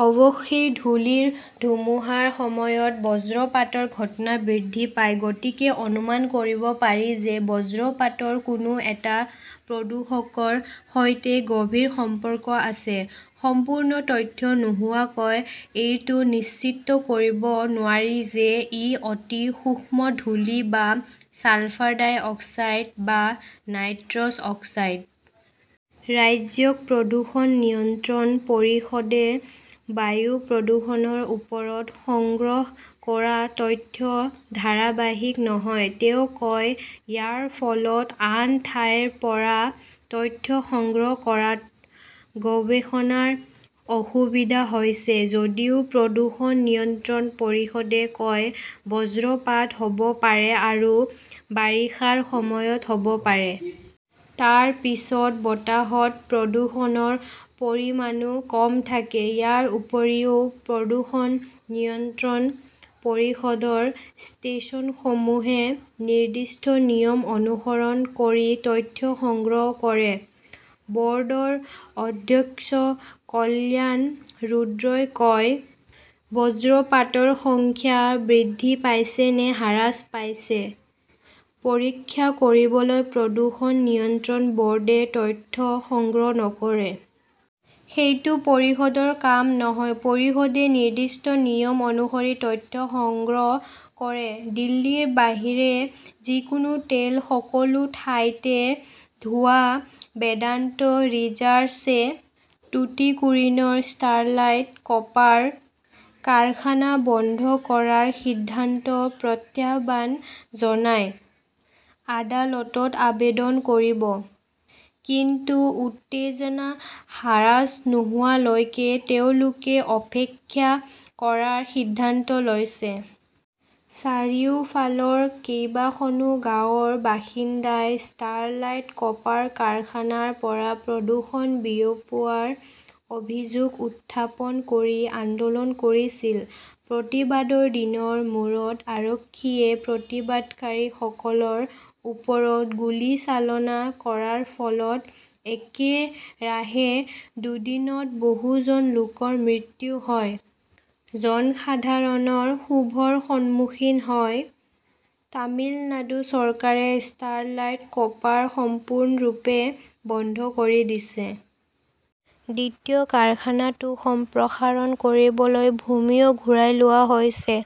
অৱশ্যে ধূলিৰ ধুমুহাৰ সময়ত বজ্ৰপাতৰ ঘটনা বৃদ্ধি পায়। গতিকে অনুমান কৰিব পাৰি যে, বজ্ৰপাতৰ কোনো এটা প্ৰদূষকৰ সৈতে গভীৰ সম্পৰ্ক আছে। সম্পূৰ্ণ তথ্য নোহোৱাকৈ এইটো নিশ্চিত কৰিব নোৱাৰি যে, ই অতি সূক্ষ্ম ধূলি বা ছালফাৰ-ডাই-অক্সাইড বা নাইট্ৰছ অক্সাইড। "ৰাজ্যিক প্ৰদূষণ নিয়ন্ত্ৰণ পৰিষদে বায়ু প্ৰদূষণৰ ওপৰত সংগ্ৰহ কৰা তথ্য ধাৰাবাহিক নহয়", তেওঁ কয়। ইয়াৰ ফলত আন ঠাইৰ পৰা তথ্য সংগ্ৰহ কৰাত গৱেষণাৰ অসুবিধা হৈছে। "যদিও প্ৰদূষণ নিয়ন্ত্ৰণ পৰিষদে কয়, বজ্ৰপাত হব পাৰে আৰু বাৰিষাৰ সময়ত হব পাৰে। তাৰ পিছত বতাহত প্ৰদূষণৰ পৰিমাণো কম থাকে। ইয়াৰ উপৰিও, প্ৰদূষণ নিয়ন্ত্ৰণ পৰিষদৰ ষ্টেচনসমূহে নিৰ্দিষ্ট নিয়ম অনুসৰণ কৰি তথ্য সংগ্ৰহ কৰে। বৰ্ডৰ অধ্যক্ষ কল্যাণ ৰুদ্ৰই কয়, "বজ্ৰপাতৰ সংখ্যা বৃদ্ধি পাইছে নে হ্ৰাস পাইছে পৰীক্ষা কৰিবলৈ প্ৰদূষণ নিয়ন্ত্ৰণ বৰ্ডে তথ্য সংগ্ৰহ নকৰে। সেইটো পৰিষদৰ কাম নহয়। পৰিষদে নিৰ্দিষ্ট নিয়ম অনুসৰি তথ্য সংগ্ৰহ কৰে"। দিল্লীৰ বাহিৰে যিকোনো তেল, সকলো ঠাইতে ধোঁৱা বেদান্ত ৰিজাৰ্ছে টুটিকোৰিনৰ ষ্টাৰলাইট কপাৰ কাৰখানা বন্ধ কৰাৰ সিদ্ধান্তক প্ৰত্যাহ্বান জনাই আদালতত আবেদন কৰিব। কিন্তু উত্তেজনা হ্ৰাস নোহোৱালৈকে তেওঁলোকে অপেক্ষা কৰাৰ সিদ্ধান্ত লৈছে। চাৰিওফালৰ কেইবাখনো গাঁৱৰ বাসিন্দাই ষ্টাৰলাইট কপাৰ কাৰখানাৰ পৰা প্ৰদূষণ বিয়পোৱাৰ অভিযোগ উত্থাপন কৰি আন্দোলন কৰিছিল। প্ৰতিবাদৰ দিনৰ মূৰত আৰক্ষীয়ে প্ৰতিবাদকাৰীসকলৰ ওপৰত গুলীচালনা কৰাৰ ফলত একেৰাহে দুদিনত বহুজন লোকৰ মৃত্যু হয়। জনসাধাৰণৰ ক্ষোভৰ সন্মুখীন হৈ তামিলনাডু চৰকাৰে ষ্টাৰলাইট কপাৰ সম্পূৰ্ণৰূপে বন্ধ কৰি দিছে। দ্বিতীয় কাৰখানাটো সম্প্ৰসাৰণ কৰিবলৈ ভূমিও ঘূৰাই লোৱা হৈছে।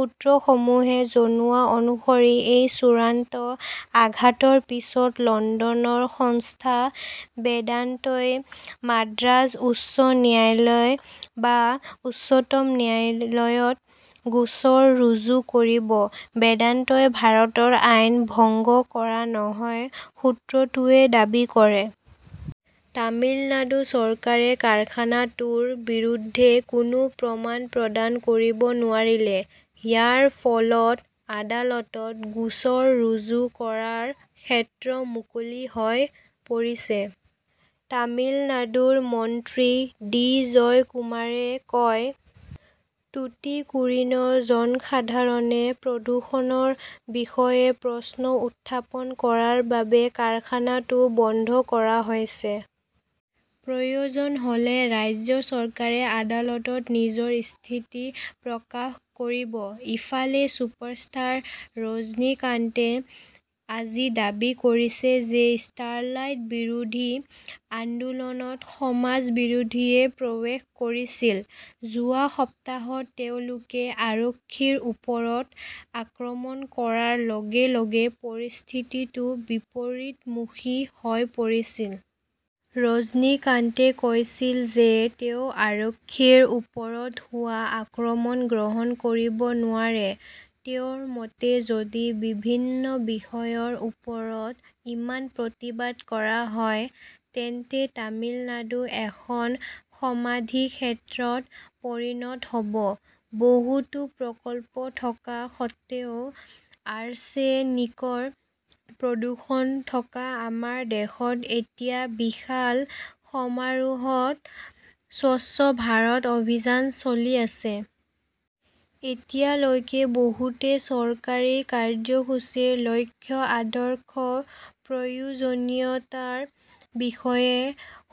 সূত্ৰসমূহে জনোৱা অনুসৰি এই চূড়ান্ত আঘাতৰ পিছত লণ্ডনৰ সংস্থা বেদান্তই মাদ্ৰাজ উচ্চ ন্যায়ালয় বা উচ্চতম ন্যায়ালয়ত গোচৰ ৰুজু কৰিব। "বেদান্তই ভাৰতৰ আইন ভংগ কৰা নাই", সূত্ৰটোৱে দাবী কৰে। তামিলনাডু চৰকাৰে কাৰখানাটোৰ বিৰুদ্ধে কোনো প্ৰমাণ প্ৰদান কৰিব নোৱাৰিলে। ইয়াৰ ফলত আদালতত গোচৰ ৰুজু কৰাৰ ক্ষেত্ৰ মুকলি হৈ পৰিছে। তামিলনাডুৰ মন্ত্ৰী ডি জয়কুমাৰে কয়, "টুটিকোৰিনৰ জনসাধাৰণে প্ৰদূষণৰ বিষয়ে প্ৰশ্ন উত্থাপন কৰাৰ বাবে কাৰখানাটো বন্ধ কৰা হৈছে। প্ৰয়োজন হলে, ৰাজ্য চৰকাৰে আদালতত নিজৰ স্থিতি প্ৰকাশ কৰিব"। ইফালে ছুপাৰষ্টাৰ ৰজনীকান্তে আজি দাবী কৰিছে যে, ষ্টাৰলাইট বিৰোধী আন্দোলনত সমাজ বিৰোধীয়ে প্ৰৱেশ কৰিছিল। যোৱা সপ্তাহত তেওঁলোকে আৰক্ষীৰ ওপৰত আক্ৰমণ কৰাৰ লগে লগে পৰিস্থিতিটো বিপৰীতমুখী হৈ পৰিছিল। ৰজনীকান্তে কৈছিল যে, তেওঁ আৰক্ষীৰ ওপৰত হোৱা আক্ৰমণ গ্ৰহণ কৰিব নোৱাৰে। তেওঁৰ মতে, যদি বিভিন্ন বিষয়ৰ ওপৰত ইমান প্ৰতিবাদ কৰা হয়, তেন্তে তামিলনাডু এখন সমাধিক্ষেত্ৰত পৰিণত হব। বহুতো প্ৰকল্প থকা সত্ত্বেও আৰ্ছেনিকৰ প্ৰদূষণ থকা আমাৰ দেশত এতিয়া বিশাল সমাৰোহত স্বচ্ছ ভাৰত অভিযান চলি আছে। এতিয়ালৈকে বহুতে চৰকাৰী কাৰ্যসূচীৰ লক্ষ্য, আদৰ্শ, প্ৰয়োজনীয়তাৰ বিষয়ে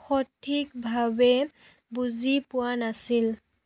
সঠিকভাৱে বুজি পোৱা নাছিল।